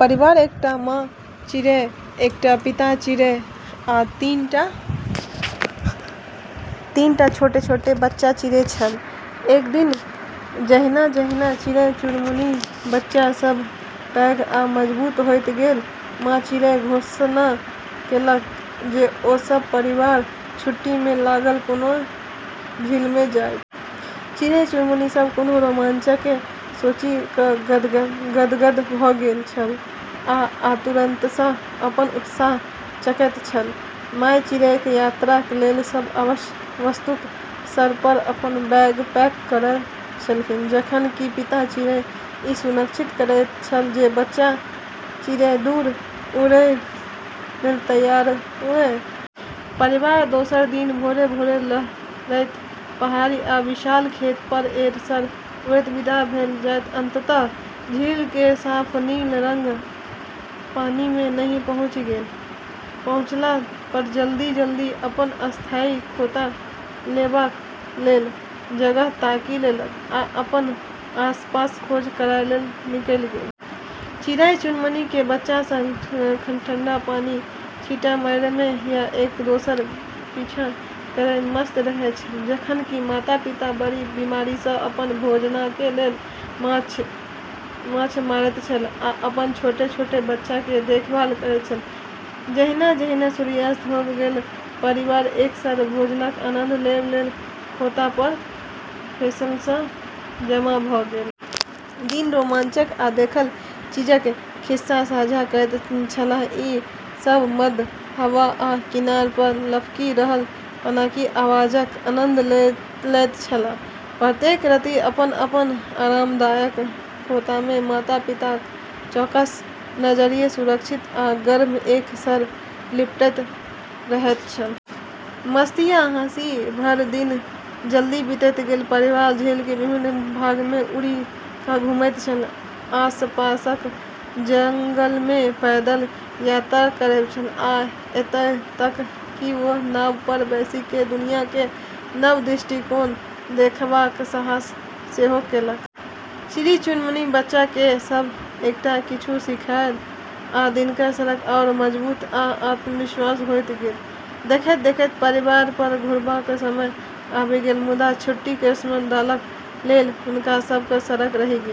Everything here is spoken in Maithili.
परिवारमे एकटा माँ चिड़ै, एकटा पिता चिड़ै आ तीन टा छोट-छोट बच्चा चिड़ै छल। एक दिन जहिना-जहिना चिड़ै-चुनमुनीक बच्चा सभ पैघ आ मजबूत होइत गेल, माँ चिड़ै घोषणा केलक जे ओ सभ पारिवारिक छुट्टीमे लगक कोनो झीलमे जाइत । चिड़ै-चुनमुनी सभ कोनो रोमांचके सोचि क' गदगद भ' गेल छल आ आतुरतासँ अपन उत्साहसँ चहकैत छल । माय चिड़ै यात्राक लेल सब आवश्यक वस्तुक सङ्ग अपन बैग पैक करय लगलीह, जखन कि पिता चिड़ै ई सुनिश्चित करैत छल जे बच्चा चिड़ै दूर उड़य लेल तैयार हुए । परिवार दोसर दिन भोरे-भोर लहरैत पहाड़ी आ विशाल खेत पर एक सङ्ग उड़ैत विदा भेल जाबत अंततः झील केर साफ नील रंगक पानिमे नहि पहुँचि गेल। पहुँचला पर जल्दी-जल्दी अपन अस्थायी खोता लगेबाक लेल जगह ताकि लेलक आ अपन आसपासक खोज करय लेल निकलि गेल। चिड़ै-चुनमुनीके बच्चा सब ठंडा पानिमे छींटा मारयमे या एक-दोसरक पीछा करयमे मस्त रहैत छल, जखन कि माता-पिता बारी-बारीसँ अपन भोजनके लेल माछ मारैत छल आ अपन छोट-छोट बच्चाके देखभाल करैत छल । जहिना-जहिना सूर्यास्त होबय लागल, परिवार एक सङ्ग भोजनक आनंद लेबय लेल खोता पर फेरसँ जमा भ' गेल । दिनक रोमांच आ देखल चीजक खिस्सा साझा करैत छलाह, ई सब मंद हवा आ किनार पर लपकि रहल पानिक आवाजक आनंद लैत छलाह. प्रत्येक राति अपन-अपन आरामदायक खोतामे, माता-पिताक चौकसँ नजरिमे सुरक्षित आ गर्म, एक सङ्ग लिपटैत रहैत छल। मस्ती आ हँसीसँ भरल दिन जल्दी बीतैत गेल। परिवार झीलके विभिन्न भागमे उड़ि क' घुमैत छल, आसपासक जंगलमे पैदल यात्रा करैत छल, आ एतय तक कि नाव पर बैसि क' दुनियाकेँ नव दृष्टिकोणसँ देखबाक साहस सेहो केलक । चिड़ै-चुनमुनीक बच्चा सभ एतेक किछु सीखलक आ दिनक सङ्ग आओर मजबूत आ आत्मविश्वासी होइत गेल। देखैत-देखैत परिवारक घर घुरबाक समय आबि गेल, मुदा छुट्टीक स्मरण सदाक लेल हुनका सभक सङ्ग रहि गेल ।